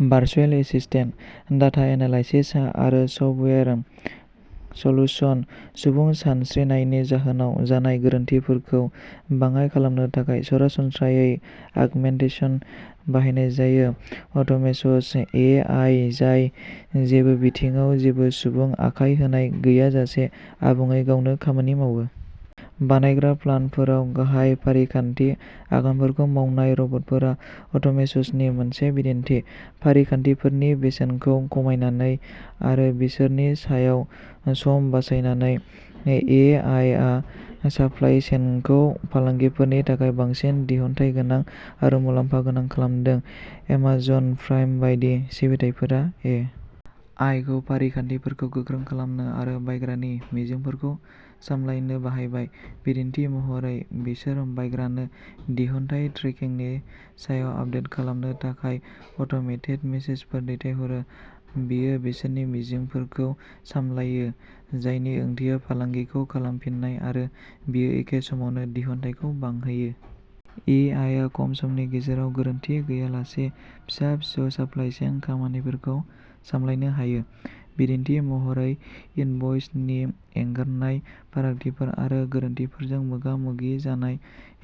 Virtual assistant, data analysis आ आरो software solution. सुबुं सानस्रिनायनि जाहोनाव जानाय गोरोन्थिफोरखौ बाङाइ खालामनो थाखाय सरासनस्रायै आगमेन्टेसन बाहायनाय जायो। अट'मेसनः ए. आइ. जाय जेबो बिथिङाव जेबो सुबुं आखाय होनाय गैयाजासे आबुङै गावनो खामानि मावो। बानायग्रा प्लान्टफोराव गाहाय फारिखान्थि आगानफोरखौ मावनाय रबटफोरा अट'मेससनि मोनसे बिदिन्थि। फारिखान्थिफोरनि बेसेनखौ खमायनानै आरो बिसोरनि सायाव सम बासायनानै, ए. आइ. आ साप्लाइ चेनखौ फालांगिफोरनि थाखाय बांसिन दिहुनथायगोनां आरो मुलाम्फा गोनां खालामदों। एमाजन प्राइम बायदि सिबिथायफोरा ए. आइ. खौ फारिखान्थिफोरखौ गोख्रों खालामनो आरो बायग्रानि मिजिंफोरखौ सामलायनो बाहायबाय। बिदिन्थि महरै, बिसोर बायग्रानो दिहुनथाय ट्रेकिंनि सायाव आपदेट खालामनो थाखाय अट'मेटेड मेसेजफोर दैथायहरो। बेयो बिसोरनि मिजिंफोरखौ सामलायो, जायनि ओंथिया फालांगिखौ खालामफिननाय, आरो बेयो एखे समावनो दिहुनथायखौ बांहोयो। ए. आइ. आ खम समनि गेजेराव गोरोन्थि गैयालासे फिसा-फिसौ साप्लाइ चेन खामानिफोरखौ सामलायनो हायो। बिदिन्थि महरै, इनभ'इसनि एंगारनाय, फारागथिफोर आरो गोरोन्थिफोरजों मोगा-मोगि जानाय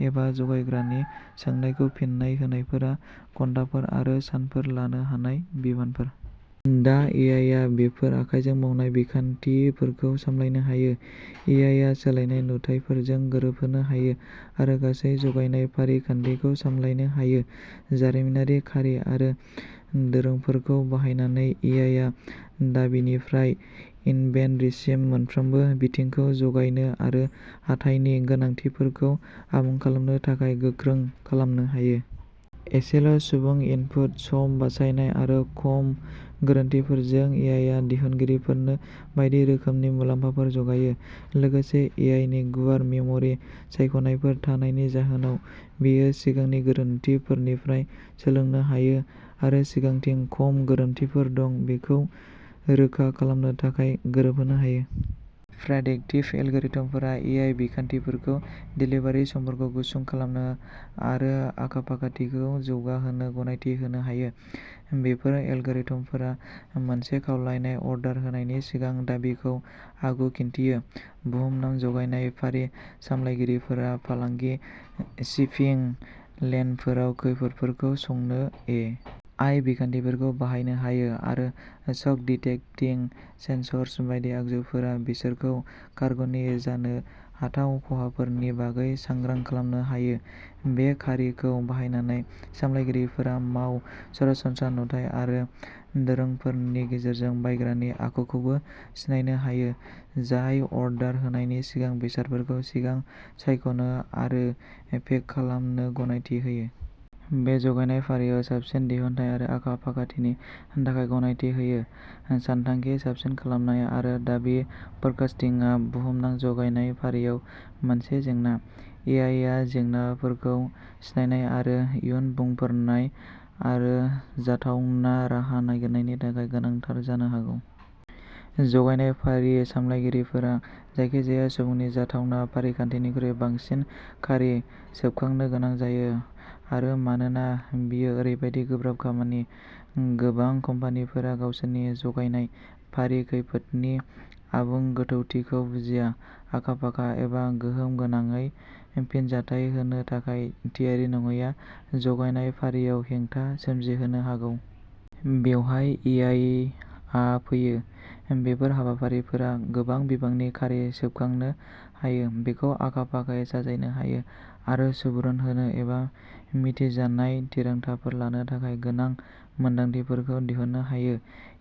एबा जगायग्रानि सोंनायखौ फिननाय होनायफोरा घन्टाफोर आरो सानफोर लानो हानाय बिबानफोर। दा, ए. आइ. आ बेफोर आखाइजों मावनाय बिखान्थिफोरखौ सामलायनो हायो। ए. आइ. आ सोलायनाय नुथायफोरजों गोरोबहोनो हायो आरो गासै जगायनाय फारि बिखान्थिखौ सामलायनो हायो। जारिमिनारि खारि आरो दोरोंफोरखौ बाहायनानै, ए. आइ. आ दाबिनिफ्राय इनभेन्टरिसिम मोनफ्रोमबो बिथिंखौ जगायनो आरो हाथाइनि गोनांथिफोरखौ आबुं खालामनो थाखाय गोख्रों खालामनो हायो। एसेल'सुबुं इनपुट, सम बासायनाय आरो खम गोरोन्थिफोरजों, ए. आइ. आ दिहुनगिरिफोरनो बायदि रोखोमनि मुलाम्फाफोर जगायो। लोगोसे, ए. आइ. नि गुवार मेम'रि सायख'नायफोर थानायनि जाहोनाव, बेयो सिगांनि गोरोन्थिफोरनिफ्राय सोलोंनो हायो आरो सिगांथिं खम गोरोन्थिफोर दं बेखौ रोखा खालामनो थाखाय गोरोबहोनो हायो। प्रेडिक्टिभ एलग'रिथमफोरा ए. आइ. बिखान्थिफोरखौ देलिभारि समफोरखौ गुसुं खालामनो आरो आखा-फाखाथिखौ जौगाहोनो गनायथि होनो हायो। बेफोर एलग'रिथमफोरा मोनसे खावलायनाय अर्डार होनायनि सिगां दाबिखौ आगु-खिन्थियो। बुहुमनां जगायनाय फारि सामलायगिरिफोरा फालांगि शिपिं लेनफोराव खैफोदफोरखौ संनो ए. आइ. बिखान्थिफोरखौ बाहायनो हायो, आरो शक-डिटेक्टिं सेन्सर्स बायदि आगजुफोरा बिसोरखौ कार्ग'नि जानो हाथाव खहाफोरनि बागै सांग्रां खालामनो हायो। बे खारिखौ बाहायनानै, सामलायगिरिफोरा माव सरासनस्रा नुथाय आरो दोरोंफोरनि गेजेरजों बायग्रानि आखुखौबो सिनायनो हायो, जाय अर्डार होनायनि सिगां बेसादफोरखौ सिगां सायख'नो आरो पेक खालामनो गनायथि होयो। बे जगायनाय फारिआव साबसिन दिहुनथाय आरो आखा-फाखाथिनि थाखाय गनायथि होयो। सानथांखि, साबसिन खालामनाय आरो दाबि फोरकास्टिंआ बुहुमनां जगायनाय फारिआव मोनसे जेंना। ए. आइ. आ जेंनाफोरखौ सिनायनाय आरो इयुन बुंफोरनाय आरो जाथावना राहा नागिरनायनि थाखाय गोनांथार जानो हागौ। जगायनाय फारि सामलायगिरिफोरा जायखिजाया सुबुंनि जाथावना फारिखान्थिनिख्रुइ बांसिन खारि सोबखांनो गोनां जायो, आरो मानोना बेयो ओरैबायदि गोब्राब खामानि, गोबां कम्पानिफोरा गावसोरनि जगायनाय फारि खैफोदनि आबुं गोथौथिखौ बुजिया। आखा-फाखा एबा गोहोमगोनाङै फिनजाथाय होनो थाखाय थियारि नङैआ जगायनाय फारिआव हेंथा सोमजिहोनो हागौ। बेवहाय ए. आइ. आ फैयो। बेफोर हाबाफारिफोरा गोबां बिबांनि खारि सोबखांनो हायो, बेखौ आखा-फाखायै साजायनो हायो, आरो सुबुरुन होनो एबा मिथिजानाय थिरांथाफोर लानो थाखाय गोनां मोनदांथिफोरखौ दिहुननो हायो।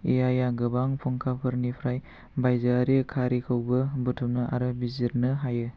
ए. आइ. आ गोबां फुंखाफोरनिफ्राय बायजोआरि खारिखौबो बुथुमनो आरो बिजिरनो हायो।